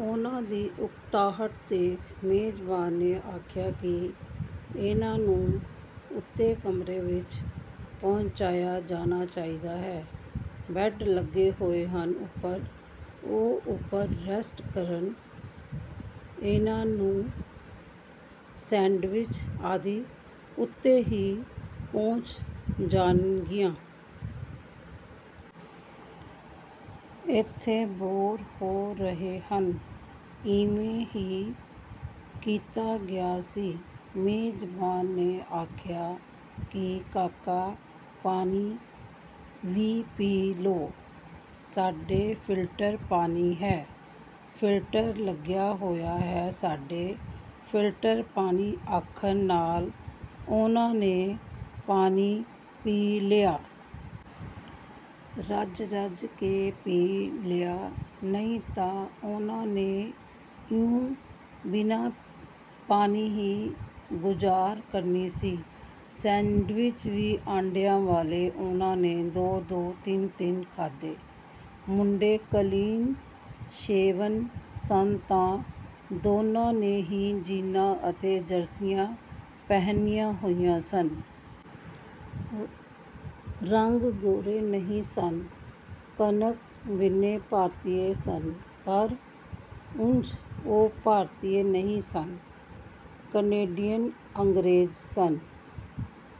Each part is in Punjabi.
ਉਹਨਾਂ ਦੀ ਉਕਤਾਹਟ ਦੇਖ, ਮੇਜ਼ਬਾਨ ਨੇ ਆਖਿਆ ਕਿ ਇਹਨਾਂ ਨੂੰ ਉਤੇ ਕਮਰੇ ਵਿਚ ਪਹੁੰਚਾਇਆ ਜਾਣਾ ਚਾਹੀਦਾ ਹੈ। ਬੈਡ ਲੱਗੇ ਹੋਏ ਹਨ ਉਪਰ। ਉਹ ਉਪਰ ਰੈਸਟ ਕਰਨ। ਇਹਨਾਂ ਨੂੰ ਸ਼ੈਂਡਵਿੱਚ ਆਦਿ ਉਤੇ ਹੀ ਪੁੱਜ ਜਾਣਗੀਆਂ। ਏਥੇ ਬੋਰ ਹੋ ਰਹੇ ਹਨ। ਇਵੇਂ ਹੀ ਕੀਤਾ ਗਿਆ ਸੀ। ਮੇਜ਼ਬਾਨ ਨੇ ਆਖਿਆ ਕਿ ਕਾਕਾ ਪਾਣੀ ਵੀ ਪੀ ਲਵੋ। ਸਾਡੇ ਫਿਲਟਰਡ ਪਾਣੀ ਹੈ। ਫਿਲਟਰ ਲੱਗਾ ਹੋਇਆ ਹੈ ਸਾਡੇ। ਫਿਲਟਰਡ ਪਾਣੀ ਆਖਣ ਨਾਲ ਉਹਨਾਂ ਨੇ ਪਾਣੀ ਪੀ ਲਿਆ। ਰੱਜ ਰੱਜ ਕੇ ਪੀ ਲਿਆ। ਨਹੀਂ ਤਾਂ ਉਹਨਾਂ ਨੇ ਉਵੇਂ ਬਿਨਾਂ ਪਾਣੀ ਹੀ ਗੁਜ਼ਰ ਕਰਨੀ ਸੀ। ਸੈਂਡਵਿਚ ਵੀ ਅੰਡਿਆਂ ਵਾਲੇ ਉਹਨਾਂ ਨੇ ਦੋ-ਦੋ, ਤਿੰਨ-ਤਿੰਨ ਖਾਧੇ। ਮੁੰਡੇ ਕਲੀਨ ਸ਼ੇਵਨ ਸਨ ਤੇ ਦੋਹਾਂ ਨੇ ਹੀ ਜੀਨਾਂ ਅਤੇ ਜਰਸੀਆਂ ਪਹਿਨੀਆਂ ਹੋਈਆਂ ਸਨ। ਰੰਗ ਗੋਰੇ ਨਹੀਂ ਸਨ। ਕਣਕਵੰਨੇ ਭਾਰਤੀ ਸਨ ਪਰ ਉਂਝ ਉਹ ਭਾਰਤੀ ਨਹੀਂ ਸਨ। ਕੈਨੇਡੀਅਨ ਅੰਗਰੇਜ਼ ਸਨ।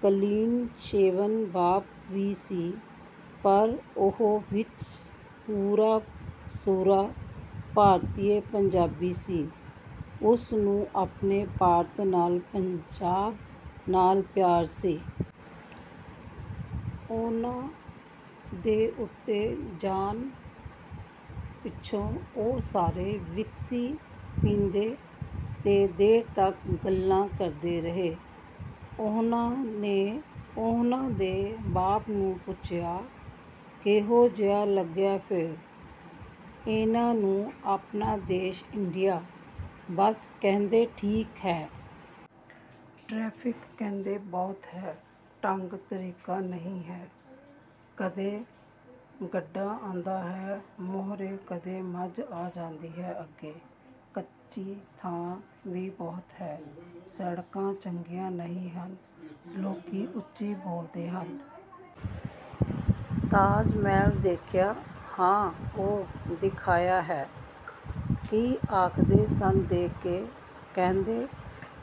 ਕਲੀਨ ਸ਼ੇਵਨ ਬਾਪ ਵੀ ਸੀ ਪਰ ਉਹ ਵਿਚੋਂ ਪੂਰਾ-ਸੂਰਾ ਭਾਰਤੀ ਪੰਜਾਬੀ ਸੀ। ਉਹਨੂੰ ਆਪਣੇ ਭਾਰਤ ਨਾਲ, ਪੰਜਾਬ ਨਾਲ ਪਿਆਰ ਸੀ। ਉਹਨਾਂ ਦੇ ਉਤੇ ਜਾਣ ਪਿਛੋਂ ਉਹ ਸਾਰੇ ਵਿਸਕੀ ਪੀਂਦੇ ਤੇ ਦੇਰ ਤੱਕ ਗੱਲਾਂ ਕਰਦੇ ਰਹੇ। ਉਹਨਾਂ ਨੇ ਉਹਨਾਂ ਦੇ ਬਾਪ ਨੂੰ ਪੁੱਛਿਆ। "ਕਿਹੋ ਜਿਹਾ ਲੱਗਾ ਫੇਰ। ਇਹਨਾਂ ਨੂੰ ਆਪਣਾ ਦੇਸ਼, ਇੰਡੀਆ? " 'ਬਸ, ਕਹਿੰਦੇ ਠੀਕ ਹੈ। ਟਰੈਫਿਕ ਕਹਿੰਦੇ ਬਹੁਤ ਹੈ। ਢੰਗ ਤਰੀਕਾ ਨਹੀਂ ਹੈ। ਕਦੇ ਗੱਡਾ ਆ ਜਾਂਦਾ ਹੈ, ਮੂਹਰੇ, ਕਦੇ ਮੱਝ ਆ ਜਾਂਦੀ ਹੈ ਅੱਗੇ। ਕੱਚੀ ਥਾਂ ਵੀ ਬਹੁਤ ਹੈ। ਸੜਕਾਂ ਚੰਗੀਆਂ ਨਹੀਂ ਹਨ। ਲੋਕੀਂ ਉਚੀ ਬੋਲਦੇ ਹਨ। "ਤਾਜ਼ ਮਹਲ ਦੇਖਿਆ? "ਹਾਂ, ਉਹ ਦਿਖਾਇਆ ਹੈ। " "ਕੀ ਕਹਿੰਦੇ ਸਨ ਦੇਖ ਕੇ? " "ਕਹਿੰਦੇ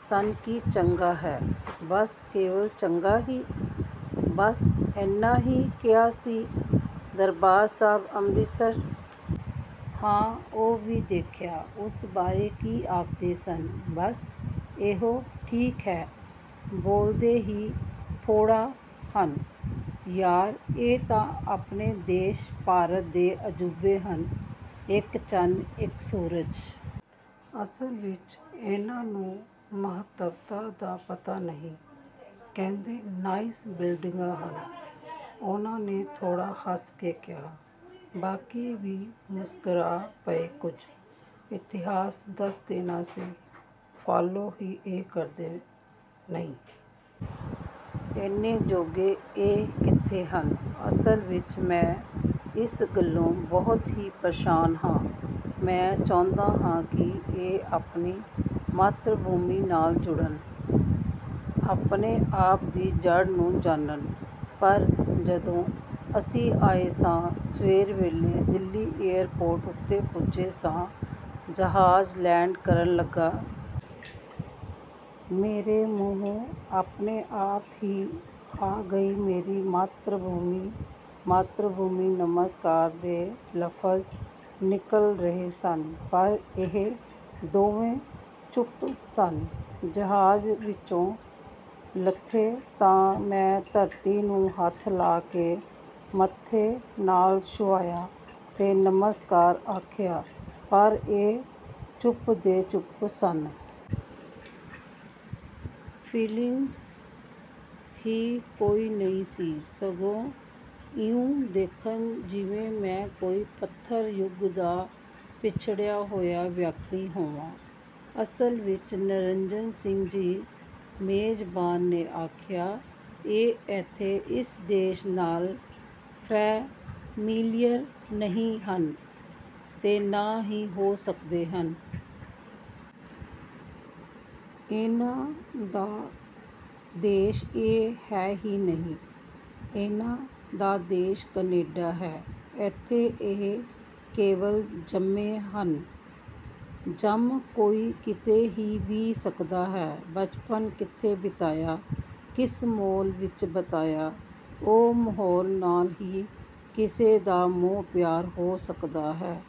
ਸਨ ਕਿ ਚੰਗਾ ਹੈ। " "ਬੱਸ, ਕੇਵਲ ਚੰਗਾ ਹੀ? " "ਬੱਸ, ਏਨਾ ਹੀ ਕਿਹਾ ਸੀ? " "ਦਰਬਾਰ ਸਾਹਿਬ ਅੰਮ੍ਰਿਤਸਰ? " "ਹਾਂ, ਉਹ ਵੀ ਦੇਖਿਆ। " 'ਉਸ ਬਾਰੇ ਕੀ ਕਹਿੰਦੇ ਸਨ? " "ਬੱਸ, ਇਹੋ ਠੀਕ ਹੈ। ਬੋਲਦੇ ਹੀ ਥੋੜ੍ਹਾ ਹਨ। " "ਯਾਰ ਇਹ ਤਾਂ ਆਪਣੇ ਦੇਸ਼ ਭਾਰਤ ਦੇ ਅਜੂਬੇ ਹਨ। ਇਕ ਚੰਨ, ਇਕ ਸੂਰਜ। " "ਅਸਲ ਵਿਚ ਇਹਨਾਂ ਨੂੰ ਮਹੱਤਤਾ ਦਾ ਪਤਾ ਨਹੀਂ। ਕਹਿੰਦੇ ਨਾਈਸ ਬਿਲਡਿੰਗਾਂ ਹਨ। " ਉਹਨੇ ਥੋੜ੍ਹਾ ਹੱਸ ਕੇ ਕਿਹਾ। ਬਾਕੀ ਵੀ ਮੁਸਕਾ ਪਏ ਕੁਝ। "ਇਤਿਹਾਸ ਦੱਸ ਦੇਣਾ ਸੀ? " "ਫਾਲੋ ਹੀ ਇਹ ਕਰਦੇ ਨਹੀਂ। ਏਨੇ ਜੋਗੇ ਇਹ ਕਿੱਥੇ ਹਨ। ਅਸਲ ਵਿਚ ਮੈਂ ਇਸ ਗੱਲੋਂ ਬਹੁਤ ਹੀ ਪ੍ਰੇਸ਼ਾਨ ਹਾਂ। ਮੈਂ ਚਾਹੁੰਦਾ ਹਾਂ ਕਿ ਇਹ ਆਪਣੀ ਮਾਤ੍ਰੀ ਭੂਮੀ ਨਾਲ ਜੁੜਨ। ਆਪਣੇ-ਆਪ ਦੀ ਜੜ੍ਹ ਨੂੰ ਜਾਨਣ। ਪਰ… ਜਦੋਂ ਅਸੀਂ ਆਏ ਸਾਂ, ਸਵੇਰ ਵੇਲੇ ਦਿੱਲੀ ਏਅਰਪੋਰਟ ਉਤੇ ਪੁੱਜੇ ਸਾਂ, ਜਹਾਜ ਲੈਂਡ ਕਰਨ ਲੱਗਾ। ਮੇਰੇ ਮੂੰਹੋਂ ਆਪਣੇ ਆਪ ਹੀ ਆ ਗਈ ਮੇਰੀ ਮਾਤ੍ਰੀ-ਭੂਮੀ, ਮਾਤ੍ਰੀ ਭੂਮੀ ਨਮਸਕਾਰ' ਦੇ ਲਫਜ਼ ਨਿਕਲ ਰਹੇ ਸਨ ਪਰ ਇਹ ਦੋਵੇਂ ਚੁੱਪ ਸਨ। ਜਹਾਜ ਵਿਚੋਂ ਲੱਥੇ ਤਾਂ ਮੈਂ ਧਰਤੀ ਨੂੰ ਹੱਥ ਲਾ ਕੇ ਮੱਥੇ ਨਾਲ ਛੁਹਾਇਆ ਤੇ ਨਮਸਕਾਰ ਆਖਿਆ ਪਰ ਇਹ ਚੁੱਪ ਦੇ ਚੁੱਪ ਸਨ। ਫੀਲਿੰਗ ਹੀ ਕੋਈ ਨਹੀਂ ਸੀ। ਸਗੋਂ ਇਉਂ ਦੇਖਣ ਜਿਵੇਂ ਮੈਂ ਕੋਈ ਪੱਥਰ-ਯੁੱਗ ਦਾ ਪਛੜਿਆ ਹੋਇਆ ਵਿਅਕਤੀ ਹੋਵਾਂ। " "ਅਸਲ ਵਿਚ, ਨਿਰੰਜਣ ਸਿੰਘ ਜੀ", ਮੇਜ਼ਬਾਨ ਨੇ ਆਖਿਆ, "ਇਹ ਏਥੇ ਇਸ ਦੇਸ਼ ਨਾਲ ਫ਼ੈਮੀਲੀਅਰ ਨਹੀਂ ਹਨ ਤੇ ਨਾ ਹੀ ਹੋ ਸਕਦੇ ਹਨ। ਇਹਨਾਂ ਦਾ ਦੇਸ਼ ਇਹ ਹੈ ਵੀ ਨਹੀਂ। ਇਹਨਾਂ ਦਾ ਦੇਸ਼ ਕੈਨੇਡਾ ਹੈ। ਏਥੇ ਇਹ ਕੇਵਲ ਜੰਮੇ ਹਨ। ਜੰਮ ਕੋਈ ਕਿਤੇ ਵੀ ਸਕਦਾ ਹੈ। ਬਚਪਨ ਕਿਥੇ ਬੀਤਿਆ, ਕਿਸ ਮਾਹੌਲ ਵਿਚ ਬੀਤਿਆ, ਉਸ ਮਾਹੌਲ ਨਾਲ ਹੀ ਕਿਸੇ ਦਾ ਮੋਹ-ਪਿਆਰ ਹੋ ਸਕਦਾ ਹੈ।